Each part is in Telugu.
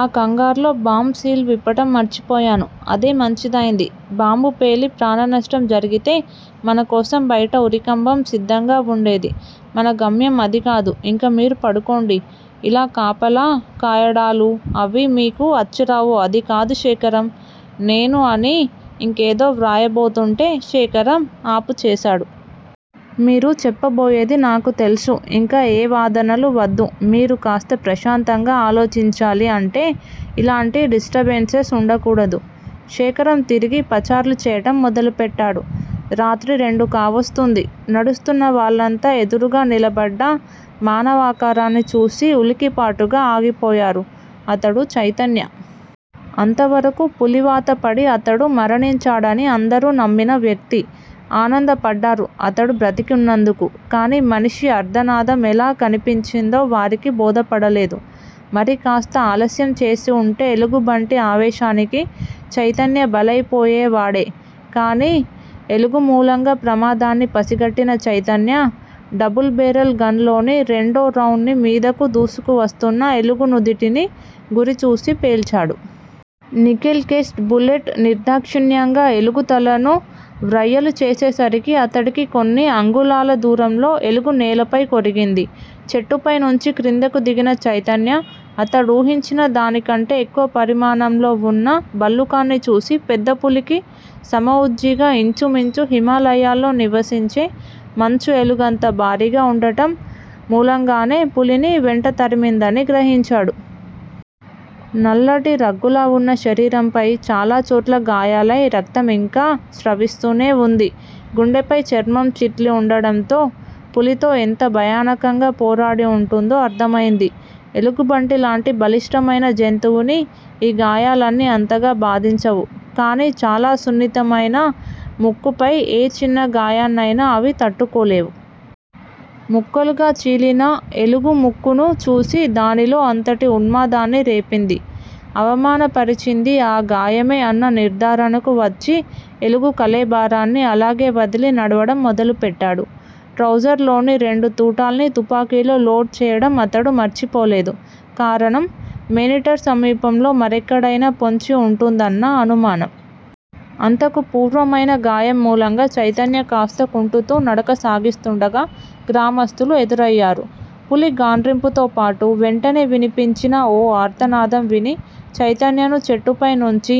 ఆ కంగారులో బాంబు సీలు విప్పటం మర్చిపోయాను. అదే మంచిదయ్యింది. బాంబు పేలి ప్రాణనష్టం జరిగితే మనకోసం బయట ఉరికంబం సిద్ధంగా వుండేది. మన గమ్యం అదికాదు. ఇంక మీరు పడుకోండి, ఇలా కాపలా కాయడాలూ అవీ మీకు అచ్చిరావు అదికాదు శేఖరం. నేనూ అని ఇంకేదో వ్రాయబోతూంటే శేఖరం ఆపుచేసాడు. మీరు చెప్పబోయేది నాకు తెలుసు. ఇంక ఏ వాదనలూ వద్దు. మీరు కాస్త ప్రశాంతంగా ఆలోచించాలీ అంటే ఇలాటి డిస్ట్రబెన్సెస్ ఉండకూడదు. శేఖరం తిరిగి పచార్లు చెయ్యటం మొదలుపెట్టాడు. రాత్రి రెండు కావస్తూంది. నడుస్తున్న వాళ్ళంతా ఎదురుగా నిలబడ్డ మానవాకారాన్ని చూసి ఉలికిపాటుగా ఆగిపోయారు. అతడు చైతన్య. అంతవరకూ పులివాత పడి అతడు మరణించాడని అందరూ నమ్మిన వ్యక్తి. ఆనందపడ్డారు అతడు బ్రతికున్నందుకు. కాని మనిషి ఆర్తనాదం ఎలా వినిపించిందో వారికి బోధపడలేదు. మరికాస్త ఆలస్యంచేసి ఉంటే ఎలుగుబంటి ఆవేశానికి చైతన్య బలయిపోయేవాడే. కాని ఎలుగుమూలంగా ప్రమాదాన్ని పసిగట్టిన చైతన్య డబుల్ బేరల్ గన్ లోని రెండో రౌండ్ ను మీదకు దూసుకువస్తున్న ఎలుగు నుదుటిని గురిచూసి పేల్చాడు. నికెల్ కేస్ట్ బులెట్ నిర్దాక్షిణ్యంగా ఎలుగు తలను వ్రయ్యలు చేసేసరికి అతడికి కొన్ని అంగుళాల దూరంలో ఎలుగు నేలపై కొరిగింది. చెట్టుపై నుంచి క్రిందకు దిగిన చైతన్య అతడూహించిన దానికంటే ఎక్కువ పరిమాణంలో వున్న భల్లూకాన్ని చూసి పెద్దపులికి సమఉజ్జీగా ఇంచుమించు హిమాలయాల్లో నివసించే మంచు ఎలుగంత భారీగా ఉండటం మూలంగానే పులిని వెంట తరిమిందని గ్రహించాడు. నల్లటి రగ్గులావున్న శరీరంపై చాలాచోట్ల గాయాలై రక్తం ఇంకా స్రవిస్తూనే వుంది. గుండెపై చర్మం చిట్లి ఉండడంతో పులితో ఎంత భయానకంగా పోరాడి ఉంటుందో అర్ధమయింది. ఎలుగుబంటిలాంటి బలిష్టమైన జంతువుని ఈ గాయాలన్నీ అంతగా బాధించవు. కాని చాలా సున్నితమైన ముక్కుపై ఏ చిన్న గాయాన్నైనా అవి తట్టుకోలేవు. ముక్కలుగా చీలిన ఎలుగు ముక్కును చూసి దానిలో అంతటి ఉన్మాదాన్ని రేపింది. అవమానపరిచింది ఆ గాయమే అన్న నిర్ధారణకు వచ్చి ఎలుగు కళేబరాన్ని అలాగేవదిలి నడవడం మొదలుపెట్టాడు. ట్రౌజర్ లోని రెండు తూటాల్ని తుపాకీలో లోడ్ చేయడం అతడు మరిచిపోలేదు. కారణం_మేనీటర్ సమీపంలో మరెక్కడయినా పొంచి ఉంటుందన్న అనుమానం. అంతకు పూర్వమైన గాయం మూలంగా చైతన్య కాస్త కుంటుతూ నడక సాగిస్తుండగా గ్రామస్థులు ఎదురయ్యారు. పులి గాండ్రింపుతోపాటు వెంటనే వినిపించిన ఓ ఆర్తనాదం విని చైతన్యను చెట్టుపై నుంచి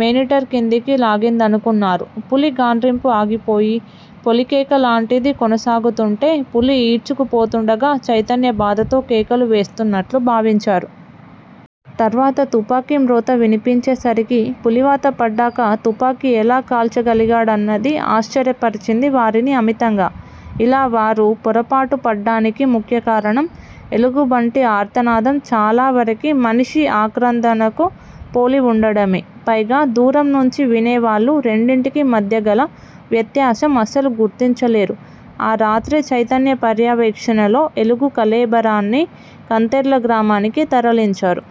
మేనీటర్ కిందికి లాగిందనుకున్నారు. పులి గాండ్రింపు ఆగిపోయి పొలికేక లాంటిది కొనసాగుతుంటే పులి ఈడ్చుకుపోతుండగా చైతన్య బాధతో కేకలు వేస్తున్నట్టు భావించారు. తర్వాత తుపాకీ మ్రోత వినిపించేసరికి పులివాత పడ్డాక తుపాకీ ఎలా కాల్చగలిగా డన్నది ఆశ్చర్యపరిచింది వారిని అమితంగా. ఇలా వారు పొరపాటుపడ్డానికి ముఖ్యకారణం_ఎలుగుబంటి ఆర్తనాదం చాలావరకు మనిషి ఆక్రందనను పోలివుండడమే. పైగా దూరం నుంచి వినేవాళ్ళు రెండింటికి మధ్యగల వ్యత్యాసం అసలు గుర్తించలేరు. ఆ రాత్రే చైతన్య పర్యవేక్షణలో ఎలుగు కళేబరాన్ని కంతెర్ల గ్రామానికి తరలించారు.